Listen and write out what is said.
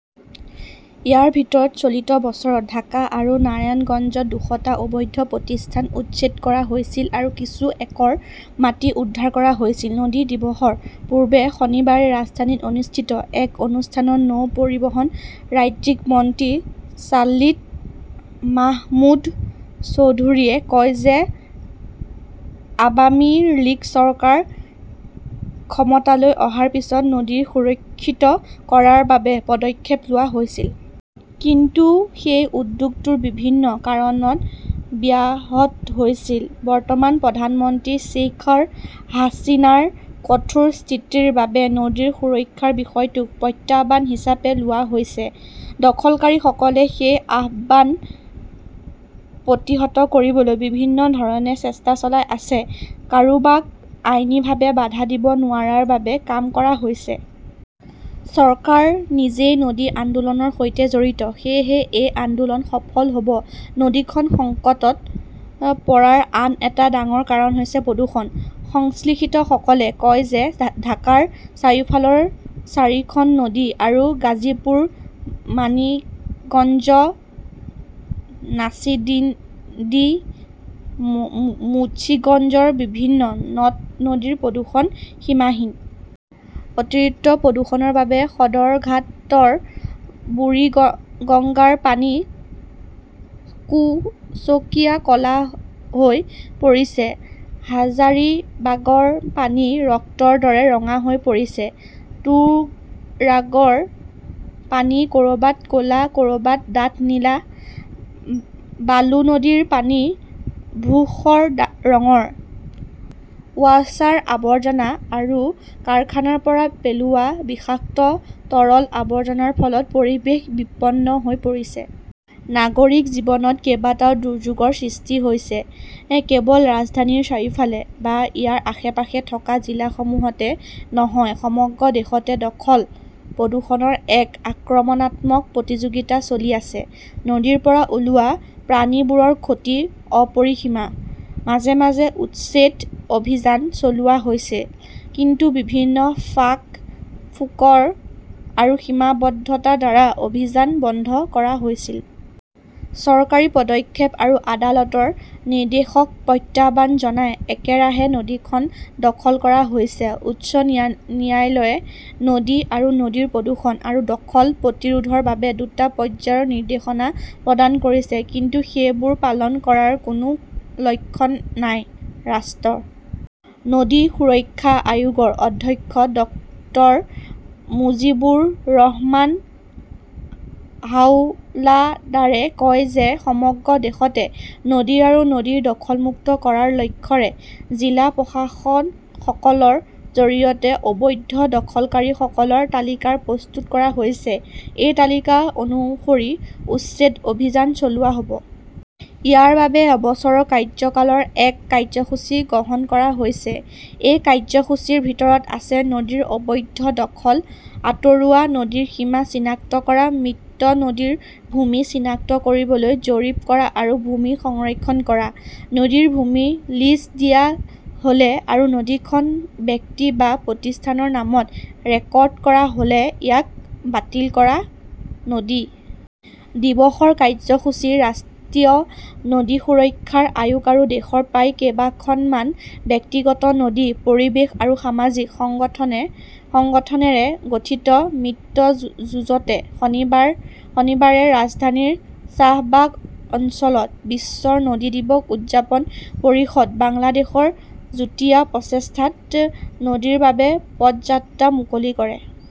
ইয়াৰ ভিতৰত চলিত বছৰত ঢাকা আৰু নাৰায়ণগঞ্জত দুশটা অবৈধ প্ৰতিষ্ঠান উচ্ছেদ কৰা হৈছিল আৰু কিছু একৰ মাটি উদ্ধাৰ কৰা হৈছিল। নদী দিৱসৰ পূৰ্বে শনিবাৰে ৰাজধানীত অনুষ্ঠিত এক অনুষ্ঠানত নৌ পৰিবহণ ৰাজ্যিক মন্ত্ৰী খালিদ মাহমুদ চৌধুৰীয়ে কয় যে আৱামী লীগ চৰকাৰ ক্ষমতালৈ অহাৰ পিছত নদী সুৰক্ষিত কৰাৰ বাবে পদক্ষেপ লোৱা হৈছিল। কিন্তু সেই উদ্যোগটো বিভিন্ন কাৰণত ব্যাহত হৈছিল। বৰ্তমান প্ৰধানমন্ত্ৰী শ্বেইখ হাছিনাৰ কঠোৰ স্থিতিৰ বাবে নদীৰ সুৰক্ষাৰ বিষয়টোক প্ৰত্যাহ্বান হিচাপে লোৱা হৈছে। দখলকাৰীসকলে সেই প্ৰত্যাহ্বান প্ৰতিহত কৰিবলৈ বিভিন্ন ধৰণে চেষ্টা চলাই আছে। কাৰোবাক আইনীভাৱে বাধা দিব নোৱাৰাৰ বাবে কাম কৰা হৈছে। চৰকাৰ নিজেই নদী আন্দোলনৰ সৈতে জড়িত। সেয়েহে এই আন্দোলন সফল হ'ব। নদীখন সংকটত পৰাৰ আন এটা ডাঙৰ কাৰণ হৈছে প্ৰদূষণ। সংশ্লিষ্টসকলে কয় যে ঢাকাৰ চাৰিওফালৰ চাৰিখন নদী আৰু গাজীপুৰ, মানিকগঞ্জ, নাৰ্চিণ্ডি, মুন্সিগঞ্জৰ বিভিন্ন নদ নদীৰ প্ৰদূষণ সীমাহীন। অতিৰিক্ত প্ৰদূষণৰ বাবে সদৰঘাটৰ বুৰিগঙ্গাৰ পানী কুচকীয়া ক'লা হৈ পৰিছে। হাজাৰিবাগৰ পানী ৰক্তৰ দৰে ৰঙা হৈ পৰিছে। তুৰাগৰ পানী ক'ৰবাত ক'লা, ক'ৰবাত ডাঠ নীলা। বালু নদীৰ পানী ধূসৰ ৰঙৰ। ৱাছাৰ আৱৰ্জনা আৰু কাৰখানাৰ পৰা পেলোৱা বিষাক্ত তৰল আৱৰ্জনাৰ ফলত পৰিৱেশ বিপন্ন হৈ পৰিছে। নাগৰিক জীৱনত কেইবাটাও দুৰ্যোগৰ সৃষ্টি হৈছে। কেৱল ৰাজধানীৰ চাৰিওফালে বা ইয়াৰ আশে পাশে থকা জিলাসমূহতে নহয়, সমগ্ৰ দেশতে দখল প্ৰদূষণৰ এক আক্ৰমণাত্মক প্ৰতিযোগিতা চলি আছে। নদীৰ পৰা ওলোৱা প্ৰাণীবোৰৰ ক্ষতি অপৰিসীম। মাজে মাজে উচ্ছেদ অভিযান চলোৱা হৈছিল, কিন্তু বিভিন্ন ফাঁক ফোকৰ আৰু সীমাবদ্ধতাৰ দ্বাৰা অভিযান বন্ধ কৰা হৈছিল। চৰকাৰী পদক্ষেপ আৰু আদালতৰ নিৰ্দেশক প্ৰত্যাহ্বান জনাই একেৰাহে নদীখন দখল কৰা হৈছে। উচ্চ ন্যায়ালয়ে নদী আৰু নদীৰ প্ৰদূষণ আৰু দখল প্ৰতিৰোধৰ বাবে দুটা পৰ্যায়ৰ নিৰ্দেশনা প্ৰদান কৰিছে। কিন্তু সেইবোৰ পালন কৰাৰ কোনো লক্ষণ নাই। ৰাষ্ট্ৰীয় নদী সুৰক্ষা আয়োগৰ অধ্যক্ষ ডক্টৰ মুজিবুৰ ৰহমান হাওলাদাৰে কয় যে সমগ্ৰ দেশতে নদী আৰু নদীৰ দখলমুক্ত কৰাৰ লক্ষ্যৰে জিলা প্ৰশাসকসকলৰ জৰিয়তে অবৈধ দখলকাৰীসকলৰ তালিকা প্ৰস্তুত কৰা হৈছে। এই তালিকা অনুসৰি উচ্ছেদ অভিযান চলোৱা হ'ব। ইয়াৰ বাবে এবছৰৰ কাৰ্যকালৰ এক কাৰ্যসূচী গ্ৰহণ কৰা হৈছে। এই কাৰ্যসূচীৰ ভিতৰত আছে নদীৰ অবৈধ দখল আঁতৰোৱা, নদীৰ সীমা চিনাক্ত কৰা, মৃত নদীৰ ভূমি চিনাক্ত কৰিবলৈ জৰীপ কৰা আৰু ভূমি সংৰক্ষণ কৰা, নদীৰ ভূমি লিজ দিয়া হ'লে আৰু নদীখন ব্যক্তি বা প্ৰতিষ্ঠানৰ নামত ৰেকৰ্ড কৰা হ'লে ইয়াক বাতিল কৰা। নদী দিৱসৰ কাৰ্যসূচীঃ ৰাষ্ট্ৰীয় নদী সুৰক্ষা আয়োগ আৰু দেশৰ প্ৰায় কেইখনমান ব্যক্তিগত নদী, পৰিৱেশ আৰু সামাজিক সংগঠনেৰে গঠিত মিত্ৰজোঁটে শনিবাৰে ৰাজধানীৰ শ্বাহবাগ অঞ্চলত বিশ্ব নদী দিৱস উদযাপন পৰিষদ বাংলাদেশৰ যুটীয়া প্ৰচেষ্টাত নদীৰ বাবে পদযাত্ৰা মুকলি কৰে।